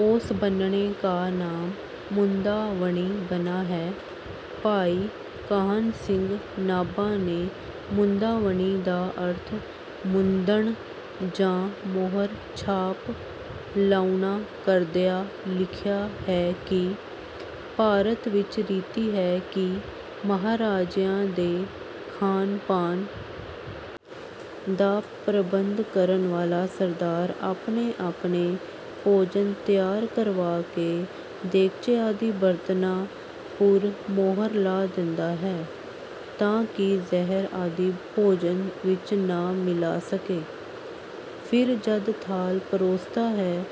ਉਸ ਬੰਨਣੇ ਕਾ ਨਾਮ ਮੁੰਦਾਵਣੀ ਬਨਾ ਹੈ। "ਭਾਈ ਕਾਹਨ ਸਿੰਘ ਨਾਭਾ ਨੇ ਮੁੰਦਾਵਣੀ ਦਾ ਅਰਥ ਮੁੰਦਣ ਜਾਂ ਮੋਹਰ ਛਾਪ ਲਾਉਣਾ ਕਰਦਿਆ ਲਿਖਿਆ ਹੈ ਕਿ, "ਭਾਰਤ ਵਿਚ ਰੀਤੀ ਹੈ ਕਿ ਮਹਾਰਾਜਿਆਂ ਦੇ ਖਾਣ ਪਾਨ ਦਾ ਪ੍ਰਬੰਧ ਕਰਨ ਵਾਲਾ ਸਰਦਾਰ ਆਪਣੇ ਆਪਣੇ ਭੋਜਨ ਤਿਆਰ ਕਰਵਾ ਕਿ ਦੇਗਚੇ ਆਦਿ ਬਰਤਨਾਂ ਪੁਰ ਮੋਹਰ ਲਾ ਦਿੰਦਾ ਹੈ ਤਾਂ ਕਿ ਜ਼ਹਿਰ ਆਦਿ ਭੋਜਨ ਵਿੱਚ ਨਾ ਮਿਲਾ ਸਕੇ, ਫਿਰ ਜਦ ਥਾਲ ਪਰੋਸਦਾ ਹੈ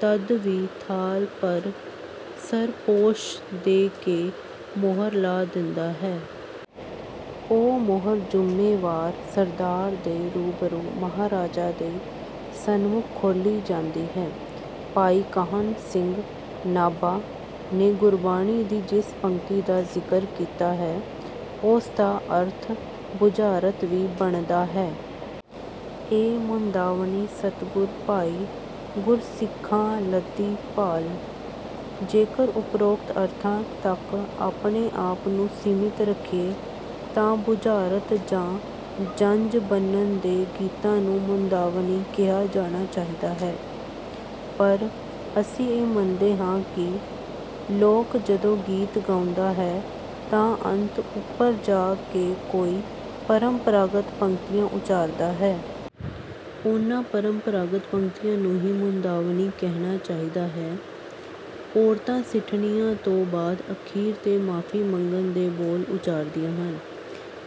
ਤਦ ਵੀ ਥਾਲ ਪਰ ਸਰਪੋਸ਼ ਦੇ ਕੇ ਮੋਹਰ ਲਾ ਦਿੰਦਾ ਹੈ। ਉਹ ਮੋਹਰ ਜੁੰਮੇਵਾਰ ਸਰਦਾਰ ਦੇ ਰੂਬਰੂ ਮਹਾਰਾਜਾ ਦੇ ਸੰਮੁਖ ਖੋਲ੍ਹੀ ਜਾਂਦੀ ਹੈ। " ਭਾਈ ਕਾਹਨ ਸਿੰਘ ਨਾਭਾ ਨੇ ਗੁਰਬਾਣੀ ਦੀ ਜਿਸ ਪੰਗਤੀ ਦਾ ਜ਼ਿਕਰ ਕੀਤਾ ਹੈ ਉਸ ਦਾ ਅਰਥ ਬੁਝਾਰਤ ਵੀ ਬਣਦਾ ਹੈ। 'ਇਹ ਮੁੰਦਾਵਣੀ ਸਤਿਗੁਰ ਪਾਈ, ਗੁਰਸਿੱਖਾਂ ਲੱਧੀ ਭਾਲਿ"। ਜੇਕਰ ਉਪਰੋਕਤ ਅਰਥਾਂ ਤੱਕ ਆਪਣੇ ਆਪ ਨੂੰ ਸੀਮਤ ਰੱਖੀਏ ਤਾਂ ਬੁਝਾਰਤ ਜਾਂ ਜੰਜ ਬੰਨ੍ਹਣ ਦੇ ਗੀਤਾਂ ਨੂੰ ਮੁੰਦਾਵਣੀ ਕਿਹਾ ਜਾਣਾ ਚਾਹੀਦਾ ਹੈ। ਪਰ ਅਸੀਂ ਇਹ ਮੰਨਦੇ ਹਾਂ ਕਿ 'ਲੋਕ' ਜਦੋਂ ਗੀਤ ਗਾਉਂਦਾ ਹੈ ਤਾਂ ਅੰਤ ਉਪਰ ਜਾ ਕੇ ਕੋਈ ਪਰੰਪਰਾਗਤ ਪੰਗਤੀਆਂ ਉਚਾਰਦਾ ਹੈ। ਉਨ੍ਹਾਂ ਪਰੰਪਰਾਗਤ ਪੰਗਤੀਆਂ ਨੂੰ ਹੀ ਮੁੰਦਾਵਣੀ ਕਹਿਣਾ ਚਾਹੀਦਾ ਹੈ। ਔਰਤਾਂ ਸਿੱਠਣੀਆਂ ਤੋਂ ਬਾਦ ਅਖੀਰ ਤੇ ਮਾਫ਼ੀ ਮੰਗਣ ਦੇ ਬੋਲ ਉਚਾਰਦੀਆਂ ਹਨ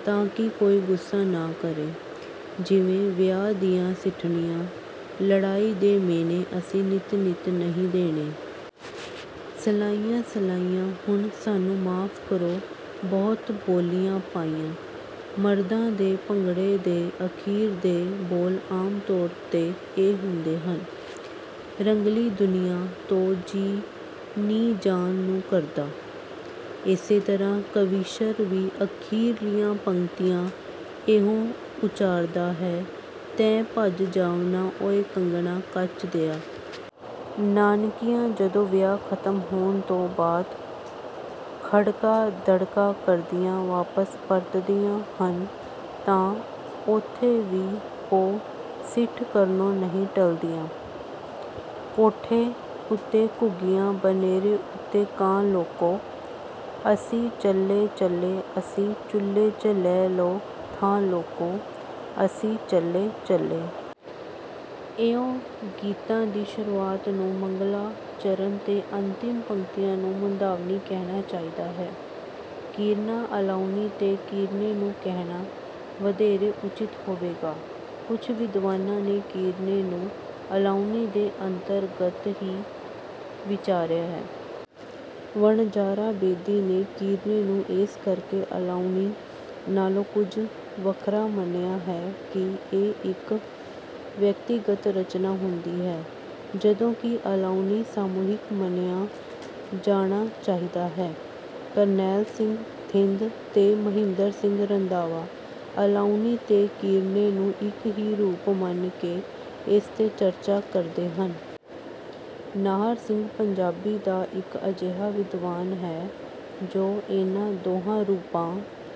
ਤਾਂ ਕਿ ਕੋਈ ਗੁੱਸਾ ਨਾ ਕਰੇ। ਜਿਵੇਂ, -ਵਿਆਹ ਦੀਆਂ ਸਿੱਠਣੀਆਂ, ਲੜਾਈ ਦੇ ਮਿਹਣੇ ਅਸੀਂ ਨਿੱਤ ਨਿੱਤ ਨਹੀਂ ਦੇਣੇ। ਸਲਾਈਆਂ ਸਲਾਈਆਂ, ਹੁਣ ਸਾਨੂੰ ਮਾਫ ਕਰੋ ਬਹੁਤ ਬੋਲੀਆਂ ਪਾਈਆਂ ਮਰਦਾਂ ਦੇ ਭੰਗੜੇ ਦੇ ਅਖੀਰ ਦੇ ਬੋਲ ਆਮ ਤੌਰ ਤੇ ਇਹ ਹੁੰਦੇ ਹਨ; -ਰੰਗਲੀ ਦੁਨੀਆਂ ਤੋਂ ਜੀਅ ਨੀ ਜਾਣ ਨੂੰ ਕਰਦਾ। ਇਸੇ ਤਰ੍ਹਾ ਕਵੀਸ਼ਰ ਵੀ ਅਖੀਰਲੀਆਂ ਪੰਗਤੀਆਂ ਇਉਂ ਉਚਾਰਦਾ ਹੈ; ਤੈਂ ਭੱਜ ਜਾਵਣਾ ਉਏ ਕੰਗਣਾ ਕੱਚ ਦਿਆ। ਨਾਨਕੀਆਂ ਜਦੋਂ ਵਿਆਹ ਖਤਮ ਹੋਣ ਤੋਂ ਬਾਦ ਖੜਕਾ-ਦੜਕਾ ਕਰਦੀਆਂ ਵਾਪਸ ਪਰਤਦੀਆਂ ਹਨ ਤਾਂ ਉੱਥੇ ਵੀ ਉਹ ਸਿੱਠ ਕਰਨੋਂ ਨਹੀਂ ਟਲਦੀਆਂ; -ਕੋਠੇ ਉੱਤੇ ਘੁੱਗੀਆਂ ਬਨੇਰੇ ਉੱਤੇ ਕਾਂ ਲੋਕੋ, ਅਸੀਂ ਚੱਲੇ ਚੱਲੇ ਅਸੀਂ ਚੁੱਲੇ 'ਚ ਲੈ ਲਓ ਥਾਂ ਲੋਕੋ, ਅਸੀਂ ਚੱਲੇ ਚੱਲੇ। ਇਉਂ ਗੀਤਾਂ ਦੀ ਸ਼ੁਰੂਆਤ ਨੂੰ ਮੰਗਲਾਚਰਨ ਤੇ ਅੰਤਿਮ ਪੰਗਤੀਆਂ ਨੂੰ ਮੁੰਦਾਵਣੀ ਕਹਿਣਾ ਚਾਹੀਦਾ ਹੈ। ਕੀਰਨਾ ਅਲਾਹੁਣੀ ਤੇ ਕੀਰਨੇ ਨੂੰ ਕਹਿਣਾ ਵਧੇਰੇ ਉੱਚਿਤ ਹੋਵੇਗਾ। ਕੁਝ ਵਿਦਵਾਨਾਂ ਨੇ ਕੀਰਨੇ ਨੂੰ ਅਲਾਹੁਣੀ ਦੇ ਅੰਤਰਗਤ ਹੀ ਵਿਚਾਰਿਆ ਹੈ। ਵਣਜਾਰਾ ਬੇਦੀ ਨੇ ਕੀਰਨੇ ਨੂੰ ਇਸ ਕਰਕੇ ਅਲਾਹੁਣੀ ਨਾਲੋ ਕੁਝ ਵੱਖਰਾ ਮੰਨਿਆ ਹੈ ਕਿ ਇਹ ਇੱਕ ਵਿਅਕਤੀਗਤ ਰਚਨਾ ਹੁੰਦੀ ਹੈ ਜਦੋਂ ਕਿ ਅਲਾਹੁਣੀ ਸਾਮੂਹਿਕ ਮੰਨਿਆਂ ਜਾਣਾ ਚਾਹੀਦਾ ਹੈ। ਕਰਨੈਲ ਸਿੰਘ ਥਿੰਦ ਤੇ ਮਹਿੰਦਰ ਸਿੰਘ ਰੰਧਾਵਾ ਅਲਾਹੁਣੀ ਤੇ ਕੀਰਨੇ ਨੂੰ ਇਕ ਹੀ ਰੂਪ ਮੰਨ ਕੇ ਇਸ ਤੇ ਚਰਚਾ ਕਰਦੇ ਹਨ। ਨਾਹਰ ਸਿੰਘ ਪੰਜਾਬੀ ਦਾ ਇੱਕ ਅਜਿਹਾ ਵਿਦਵਾਨ ਹੈ ਜੋ ਇਨ੍ਹਾਂ ਦੋਹਾਂ ਰੂਪਾਂ